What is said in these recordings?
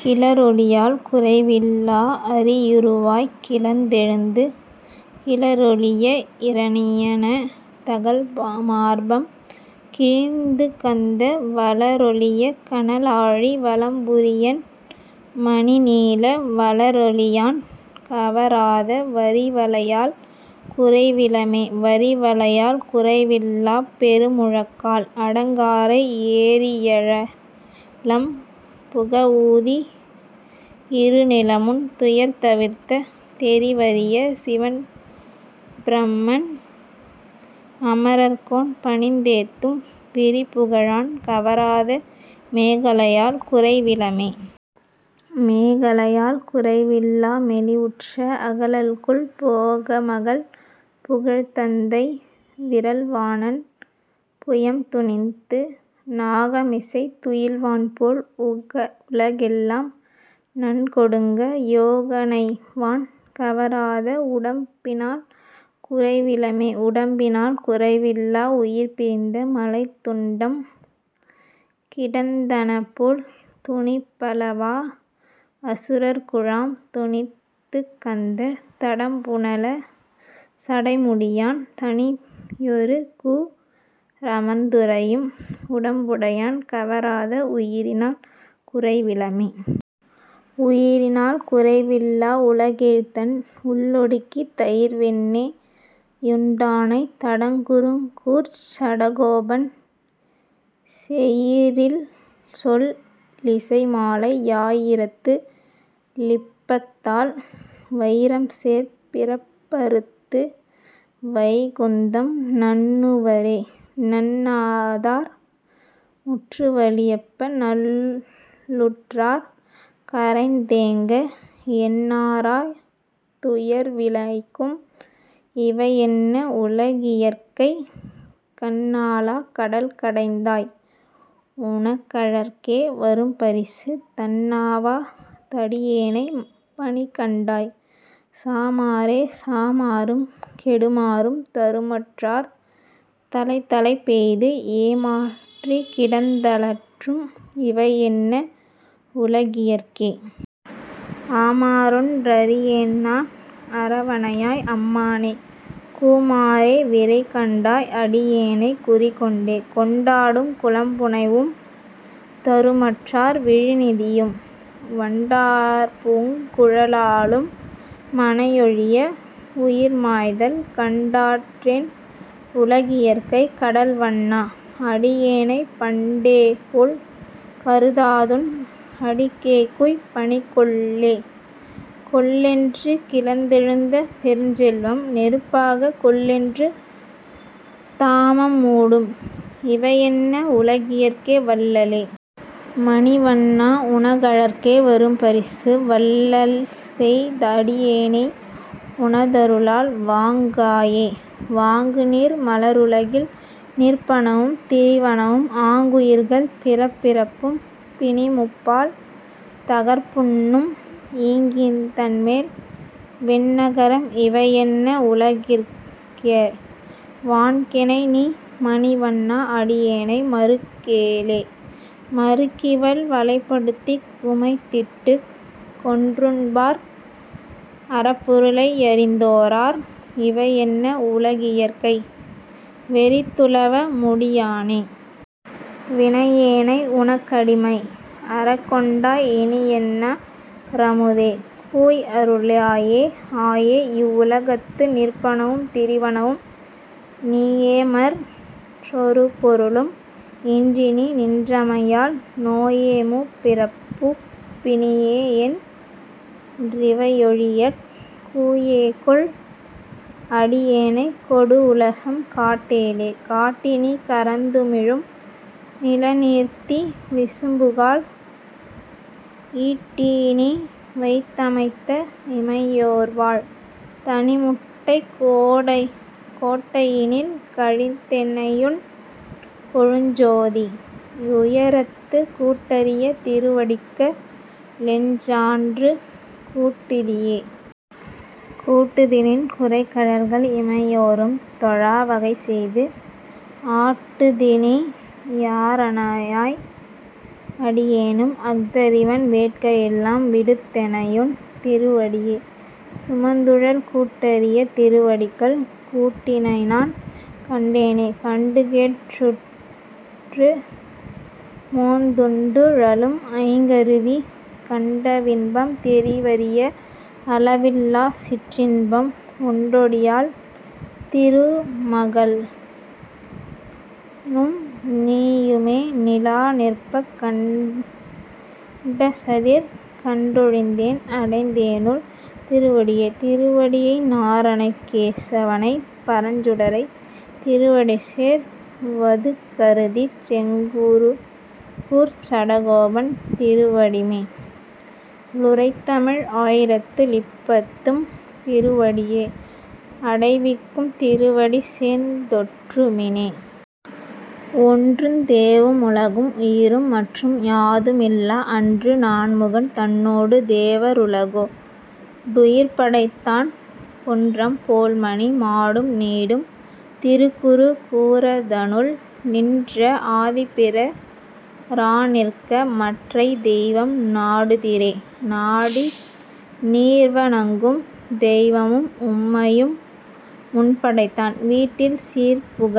கிளரொளியால் குறைவில்லா அரியுருவாய்க் கிளர்ந்தெழுந்து, கிளரொளிய இரணியன தகல்மார்பம் கிழிந்துகந்த, வளரொளிய கனலாழி வலம்புரியன் மணிநீல, வளரொளியான் கவராத வரிவளையால் குறைவிலமே.. வரிவளையால் குறைவில்லாப் பெருமுழக்கால் அடங்காரை, எரியழலம் புகவூதி யிருநிலமுன் துயர்தவிர்த்த, தெரிவரிய சிவன்பிரமன் அமரர் கோன் பணிந்தேத்தும், விரிபுகழான் கவராத மேகலையால் குறைவிலமே.. மேகலையால் குறைவில்லா மெலிவுற்ற அகலல்குல், போகமகள் புகழ்த்தந்தை விறல்வாணன் புயம்துணித்து, நாகமிசைத் துயில்வான்போல் உலகெல்லாம் நன்கொடுங்க, யோகணைவான் கவராத வுடம்பினால் குறைவிலமே.. உடம்பினால் குறைவில்லா உயிர்பிரிந்த மலைத்துண்டம், கிடந்தனபோல் துணிபலவா அசுரர் குழாம் துணித்துகந்த, தடம்புனல சடைமுடியன் தனியொருகூ றமர்ந்துறையும், உடம்புடையான் கவராத உயிரினால் குறைவிலமே. உயிரினால் குறைவில்லா உலகேழ்தன் உள்ளொடுக்கி, தயிர்வெண்ணெ யுண்டானைத், தடங்குருகூர்ச் சடகோபன், செயிரில்சொல் லிசைமாலை யாயிரத்து ளிப்பத்தால் வயிரம்சேர் பிறப்பறுத்து வைகுந்தம் நண்ணுவரே. நண்ணாதார் முற்றுவலியப்ப நல்லுற்றார் கரைந்தேங்க, எண்ணாராத் துயர்விளைக்கும் இவையென்ன உலகியற்கை?, கண்ணாளா. கடல்கடைந்தாய். உனகழற்கே வரும்பரிசு, தண்ணாவா தடியேனைப் பணிகண்டாய் சாமாறே.. சாமாறும் கெடுமாறும் தமருற்றார் தலைத்தலைப்பெய்து, ஏமாறிக் கிடந்தலற்றும் இவையென்ன உலகியற்கை?, ஆமாறொன் றறியேன்நான் அரவணையாய். அம்மானே, கூமாறே விரைகண்டாய் அடியேனைக் குறிக்கொண்டே.. கொண்டாட்டும் குலம்புனைவும் தருமற்றார் விழுநிதியும், வண்டார்பூங் குழலாளும் மனையொழிய வுயிர்மாய்தல், கண்டாற்றேன் உலகியற்கை கடல்வண்ணா. அடியேனைப் பண்டேபோல் கருதாதுன் அடிக்கேகூய்ப் பணிகொள்ளே.. கொள்ளென்று கிளர்ந்தெழுந்த பெருஞ்செல்வம் நெருப்பாக, கொள்ளென்று தமாம்மூடும் இவையென்ன உலகியற்கை? வள்ளலே. மணிவண்ணா. உனகழற்கே வரும்பரிசு, வள்ளல்செய் தடியேனை உனதருளால் வாங்காயே.. வாங்குநீர் மலருலகில் நிற்பனவுமீ திரிவனவும், ஆங்குயிர்கள் பிறப்பிறப்புப் பிணிமூப்பால் தகர்ப்புண்ணும், ஈங்கிதன்மேல் வெந்நரகம் இவையென்ன உலகியற்கை? வாங்கெனைநீ மணிவண்ணா. அடியேனை மறுக்கேலே.. மறுக்கிவல் வலைப்படுத்திக் குமைத்திட்டுக் கொன்றுண்பர், அறப்பொருளை யறிந்தோரார் இவையென்ன உலகியற்கை? வெறித்துளவ முடியானே. வினையேனை யுனக்கடிமை அறக்கொண்டாய், இனியென்னா ரமுதே. கூய் அருளாயே.. ஆயே. இவ் வுலகத்து நிற்பனவும் திரிவனவும் நீயேமற் றொருபொருளும் இன்றிநீ நின்றமையால், நோயேமூப் பிறப்பிறப்புப் பிணியேயென் றிவையொழியக், கூயேகொள் அடியேனைக் கொடுவுலகம் காட்டேலே.. காட்டிநீ கரந்துமிழும் நிலநீர்தீ விசும்புகால், ஈட்டீநீ வைத்தமைத்த இமையோர்வாழ் தனிமுட்டைக், கோட்டையினில் கழித்தெனையுன் கொழுஞ்சோதி யுயரத்து, கூட்டரிய திருவடிக்க ளெஞ்ஞான்று கூட்டுதியே?. கூட்டுதிநின் குரைகழல்கள் இமையோரும் தொழாவகை செய்து, ஆட்டுதிநீ யரவணையாய். அடியேனும் அஃதறிவன், வேட்கையெல்லாம் விடுத்தெனையுன் திருவடியே சுமந்துழல, கூட்டரிய திருவடிக்கள் கூட்டினைநான் கண்டேனே.. கண்டுகேட் டுற்றுமோந்துண்டுழலும் ஐங்கருவி கண்டவின்பம், தெரிவரிய அளவில்லாச் சிற்றின்பம், ஒண்டொடியாள் திருமகளும் நீயுமே நிலாநிற்பக், கண்டசதிர் கண்டொழிந்தேன் அடைந்தேனுன் திருவடியே. திருவடியை நாரணனைக்கேசவனைப் பரஞ்சுடரை, திருவடிசேர் வதுகருதிச் செழுங்குருகூர்ச் சடகோபன், திருவடிமே லுரைத்ததமிழ் ஆயிரத்து ளிப்பத்தும், திருவடியே அடைவிக்கும் திருவடிசேர்ந் தொன்றுமினே. ஒன்றுந் தேவு முலகும் உயிரும் மற்றும் யாதுமில்லா அன்று, நான்முகன் தன்னொடு தேவ ருலகோ டுயிர்படைத்தான், குன்றம் போல்மணி மாடம் நீடு திருக்குரு கூரதனுள், நின்ற ஆதிப்பி ரான்நிற்க மற்றைத் தெய்வம் நாடுதிரே.. நாடி நீர்வ ணங்கும் தெய்வமும் உம்மையு முன்படைத்தான், வீடில் சீர்ப்புக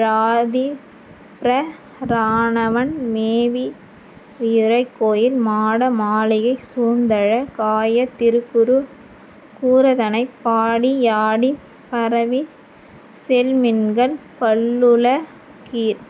ழாதிப்பி ரானவன் மேவி யுறைகோயில், மாட மாளிகை சூழ்ந்தழ காய திருக்குரு கூரதனைப், பாடி யாடிப் பரவிச் செல்மின்கள் பல்லுல கீர்.